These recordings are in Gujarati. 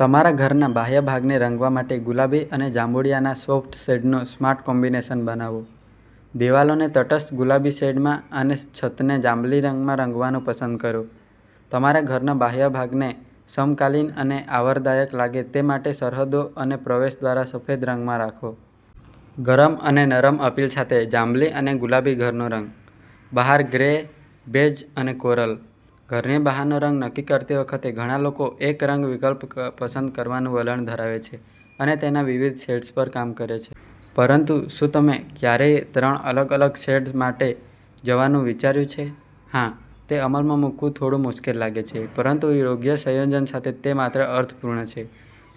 તમારા ઘરના બાહ્ય ભાગને રંગવા માટે ગુલાબી અને જાંબુડિયાના સોફ્ટ શેડ્સનું સ્માર્ટ કોમ્બિનેશન બનાવો. દિવાલોને તટસ્થ ગુલાબી શેડમાં અને છતને જાંબલી રંગમાં રંગવાનું પસંદ કરો. તમારા ઘરના બાહ્ય ભાગને સમકાલીન અને આવકારદાયક લાગે તે માટે સરહદો અને પ્રવેશ દ્વાર સફેદ રંગમાં રાખો. ગરમ અને નરમ અપીલ સાથે જાંબલી અને ગુલાબી ઘરનો રંગ. બહાર ગ્રે, બેજ અને કોરલ. ઘરની બહારનો રંગ નક્કી કરતી વખતે ઘણા લોકો એક રંગ વિકલ્પ પસંદ કરવાનું વલણ ધરાવે છે અને તેના વિવિધ શેડ્સ પર કામ કરે છે. પરંતુ શું તમે ક્યારેય ત્રણ અલગ-અલગ શેડ્સ માટે જવાનું વિચાર્યું છે? હા, તે અમલમાં મૂકવું થોડું મુશ્કેલ લાગે છે, પરંતુ યોગ્ય સંયોજન સાથે તે માત્ર અર્થપૂર્ણ છે.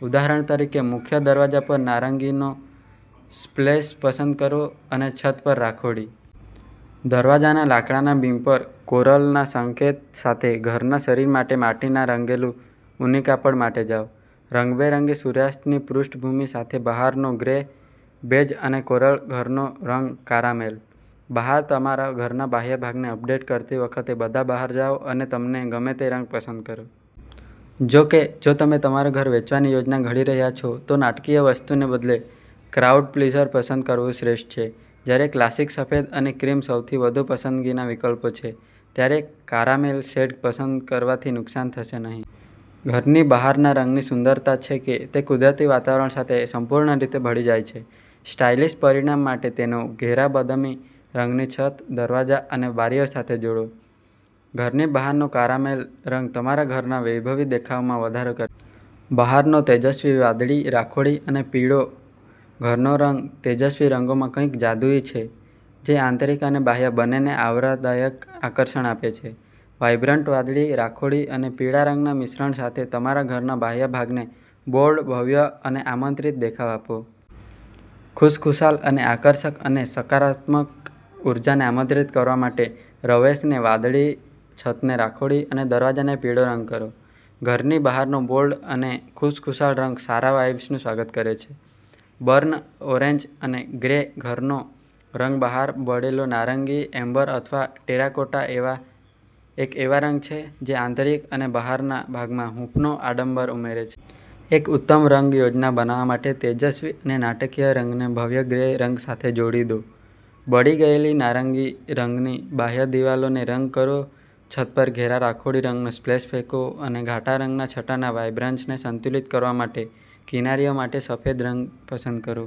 ઉદાહરણ તરીકે, મુખ્ય દરવાજા પર નારંગીનો સ્પ્લેશ પસંદ કરો અને છત પર રાખોડી. દરવાજાના લાકડાના બીમ પર કોરલના સંકેત સાથે ઘરના શરીર માટે માટીના રંગેલું ઊની કાપડ માટે જાઓ. રંગબેરંગી સૂર્યાસ્તની પૃષ્ઠભૂમિ સાથે બહારનો ગ્રે, બેજ અને કોરલ ઘરનો રંગ કારામેલ. બહાર તમારા ઘરના બાહ્ય ભાગને અપડેટ કરતી વખતે બધા બહાર જાઓ અને તમને ગમે તે રંગ પસંદ કરો. જો કે, જો તમે તમારું ઘર વેચવાની યોજના ઘડી રહ્યા હો તો નાટકીય વસ્તુને બદલે ક્રાઉડ-પ્લીઝર પસંદ કરવું શ્રેષ્ઠ છે. જ્યારે ક્લાસિક સફેદ અને ક્રીમ સૌથી વધુ પસંદગીના વિકલ્પો છે, ત્યારે કારામેલ શેડ પસંદ કરવાથી નુકસાન થશે નહીં. ઘરની બહારના રંગની સુંદરતાછે કે તે કુદરતી વાતાવરણ સાથે સંપૂર્ણ રીતે ભળી જાય છે. સ્ટાઇલિશ પરિણામ માટે તેને ઘેરા બદામી રંગની છત, દરવાજા અને બારીઓ સાથે જોડો. ઘરની બહારનો કારામેલ રંગ તમારા ઘરના વૈભવી દેખાવમાં વધારો કરે છે. બહારનો તેજસ્વી વાદળી, રાખોડી અને પીળો ઘરનો રંગ તેજસ્વી રંગોમાં કંઈક જાદુઈ છે જે આંતરિક અને બાહ્ય બંનેને આવકારદાયક આકર્ષણ આપે છે. વાઇબ્રન્ટ વાદળી, રાખોડી અને પીળા રંગના મિશ્રણ સાથે તમારા ઘરના બાહ્ય ભાગને બોલ્ડ, ભવ્ય અને આમંત્રિત દેખાવ આપો. ખુશખુશાલ અને આકર્ષક અને સકારાત્મક ઊર્જાને આમંત્રિત કરવા માટે રવેશને વાદળી, છતને રાખોડી અને દરવાજાને પીળો રંગ કરો. ઘરની બહારનો બોલ્ડ અને ખુશખુશાલ રંગ સારા વાઇબ્સનું સ્વાગત કરે છે. બર્ન ઓરેન્જ અને ગ્રે ઘરનો રંગ બહાર બળેલો નારંગી, એમ્બર અથવા ટેરાકોટા એક એવો રંગ છે જે આંતરિક અને બહારના ભાગમાં હૂંફનો આડંબર ઉમેરે છે. એક ઉત્તમ રંગ યોજના બનાવવા માટે તેજસ્વી અને નાટકીય રંગને ભવ્ય ગ્રે રંગ સાથે જોડી દો. બળી ગયેલી નારંગી રંગની બાહ્ય દિવાલોને રંગ કરો, છત પર ઘેરા રાખોડી રંગનો સ્પ્લેશ ફેંકો અને ઘાટા રંગ છટાના વાઇબ્રન્સને સંતુલિત કરવા માટે કિનારીઓ માટે સફેદ પસંદ કરો.